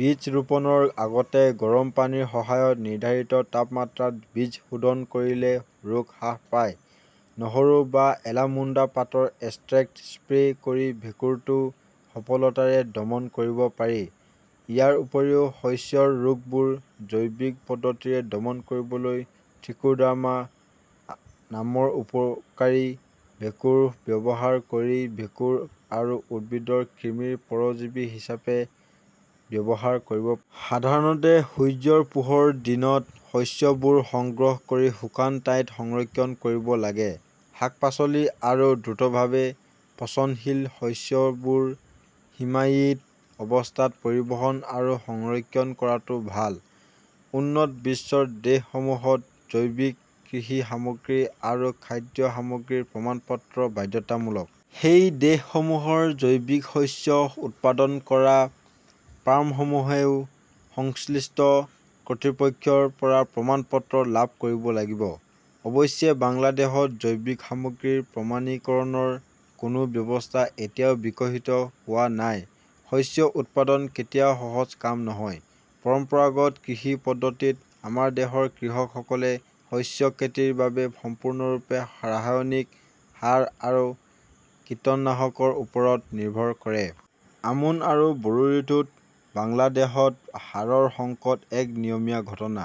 বীজ ৰোপণৰ আগতে গৰম পানীৰ সহায়ত নিৰ্ধাৰিত তাপমাত্ৰাত বীজ শোধন কৰিলে ৰোগ হ্ৰাস পায়। নহৰু বা এলামুণ্ডা পাতৰ এষ্ট্ৰেক্ট স্প্ৰে কৰি ভেঁকুৰটো সফলতাৰে দমন কৰিব পাৰি। ইয়াৰ উপৰিও শস্যৰ ৰোগবোৰ জৈৱিক পদ্ধতিৰে দমন কৰিবলৈ ত্ৰিকোডাৰ্মা নামৰ উপকাৰী ভেঁকুৰ ব্যৱহাৰ কৰি ভেঁকুৰ আৰু উদ্ভিদৰ কৃমিৰ পৰজীৱী হিচাপে ব্যৱহাৰ কৰিব পাৰি। সাধাৰণতে সূৰ্যৰ পোহৰ দিনত শস্যবোৰ সংগ্ৰহ কৰি শুকান ঠাইত সংৰক্ষণ কৰিব লাগে। শাক-পাচলি আৰু দ্ৰুতভাৱে পচনশীল শস্যবোৰ হিমায়িত অৱস্থাত পৰিবহণ আৰু সংৰক্ষণ কৰাটো ভাল। উন্নত বিশ্বৰ দেশসমূহত জৈৱিক কৃষি সামগ্ৰী আৰু খাদ্য সামগ্ৰীৰ প্ৰমাণপত্ৰ বাধ্যতামূলক। সেই দেশসমূহৰ জৈৱিক শস্য উৎপাদন কৰা ফাৰ্মসমূহেও সংশ্লিষ্ট কৰ্তৃপক্ষৰ পৰা প্ৰমাণপত্ৰ লাভ কৰিব লাগিব। অৱশ্যে, বাংলাদেশত জৈৱিক সামগ্ৰীৰ প্ৰমাণীকৰণৰ কোনো ব্যৱস্থা এতিয়াও বিকশিত হোৱা নাই। শস্য উৎপাদন কেতিয়াও সহজ কাম নহয়। পৰম্পৰাগত কৃষি পদ্ধতিত, আমাৰ দেশৰ কৃষকসকলে শস্য খেতিৰ বাবে সম্পূৰ্ণৰূপে ৰাসায়নিক সাৰ আৰু কীটনাশকৰ ওপৰত নিৰ্ভৰ কৰে। আমোন আৰু বৰো ঋতুত বাংলাদেশত সাৰৰ সংকট এক নিয়মীয়া ঘটনা।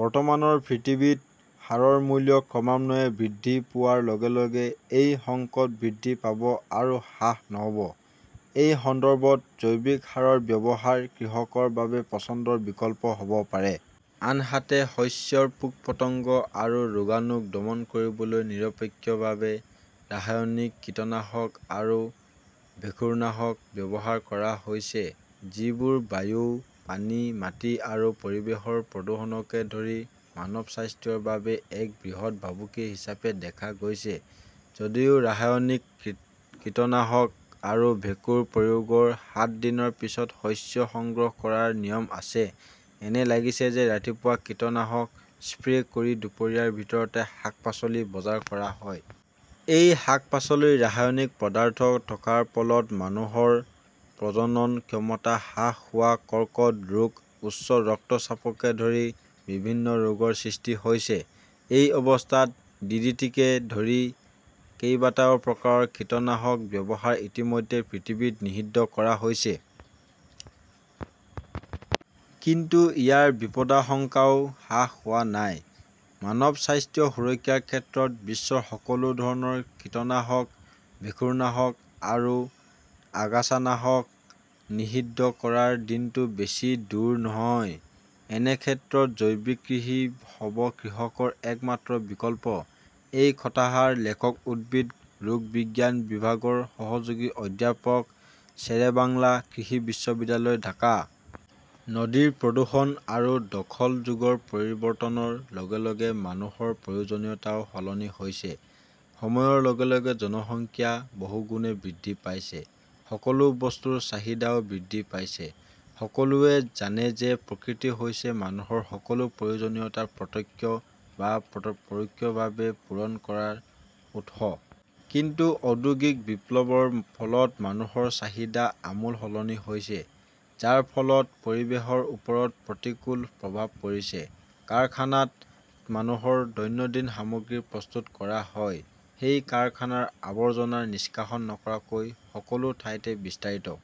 বৰ্তমানৰ পৃথিৱীত সাৰৰ মূল্য ক্ৰমান্বয়ে বৃদ্ধি পোৱাৰ লগে লগে এই সংকট বৃদ্ধি পাব আৰু হ্ৰাস নহ'ব। এই সন্দৰ্ভত জৈৱিক সাৰৰ ব্যৱহাৰ কৃষকৰ বাবে পছন্দৰ বিকল্প হ'ব পাৰে। আনহাতে, শস্যৰ পোক-পতংগ আৰু ৰোগাণুক দমন কৰিবলৈ নিৰপেক্ষভাৱে ৰাসায়নিক কীটনাশক আৰু ভেঁকুৰনাশক ব্যৱহাৰ কৰা হৈছে, যিবোৰ বায়ু, পানী, মাটি আৰু পৰিৱেশৰ প্ৰদূষণকে ধৰি মানৱ স্বাস্থ্যৰ বাবে এক বৃহৎ ভাবুকি হিচাপে দেখা গৈছে। যদিও ৰাসায়নিক কীটনাশক আৰু ভেঁকুৰ প্ৰয়োগৰ সাত দিনৰ পিছত শস্য সংগ্ৰহ কৰাৰ নিয়ম আছে, এনে লাগিছে যে ৰাতিপুৱা কীটনাশক স্প্ৰে কৰি দুপৰীয়াৰ ভিতৰতে শাক-পাচলি বজাৰ কৰা হয়। এই শাক-পাচলিৰ ৰাসায়নিক পদাৰ্থ থকাৰ ফলত মানুহৰ প্ৰজনন ক্ষমতা হ্ৰাস হোৱা, কৰ্কট ৰোগ, উচ্চ ৰক্তচাপকে ধৰি বিভিন্ন ৰোগৰ সৃষ্টি হৈছে। এই অৱস্থাত ডিডিটিকে ধৰি কেইবাটাও প্ৰকাৰৰ কীটনাশক ব্যৱহাৰ ইতিমধ্যে পৃথিৱীত নিষিদ্ধ কৰা হৈছে। কিন্তু ইয়াৰ বিপদাশংকাও হ্ৰাস হোৱা নাই। মানৱ স্বাস্থ্য সুৰক্ষাৰ ক্ষেত্ৰত বিশ্বৰ সকলো ধৰণৰ কীটনাশক, ভেঁকুৰনাশক আৰু আগাছানাশক নিষিদ্ধ কৰাৰ দিনটো বেছি দূৰ নহয়। এনে ক্ষেত্ৰত জৈৱিক কৃষি হ'ব কৃষকৰ একমাত্ৰ বিকল্প । -এই কথাষাৰ লেখক উদ্ভিদ ৰোগ বিজ্ঞান বিভাগৰ সহযোগী অধ্যাপক শ্বেৰেবাংলা কৃষি বিশ্ববিদ্যালয়, ঢাকা । নদীৰ প্ৰদূষণ আৰু দখল যুগৰ পৰিৱৰ্তনৰ লগে লগে মানুহৰ প্ৰয়োজনীয়তাও সলনি হৈছে। সময়ৰ লগে লগে জনসংখ্যা বহুগুণে বৃদ্ধি পাইছে। সকলো বস্তুৰ চাহিদাও বৃদ্ধি পাইছে। সকলোৱে জানে যে প্ৰকৃতি হৈছে মানুহৰ সকলো প্ৰয়োজনীয়তা প্ৰত্যক্ষ বা প্ৰৰোক্ষভাৱে পূৰণ কৰাৰ উৎস। কিন্তু ঔদ্যোগিক বিপ্লৱৰ ফলত মানুহৰ চাহিদা আমূল সলনি হৈছে, যাৰ ফলত পৰিৱেশৰ ওপৰত প্ৰতিকূল প্ৰভাৱ পৰিছে। কাৰখানাত মানুহৰ দৈনন্দিন সামগ্ৰী প্ৰস্তুত কৰা হয়। সেই কাৰখানাৰ আৱৰ্জনা নিষ্কাশন নকৰাকৈ সকলো ঠাইতে বিস্তাৰিত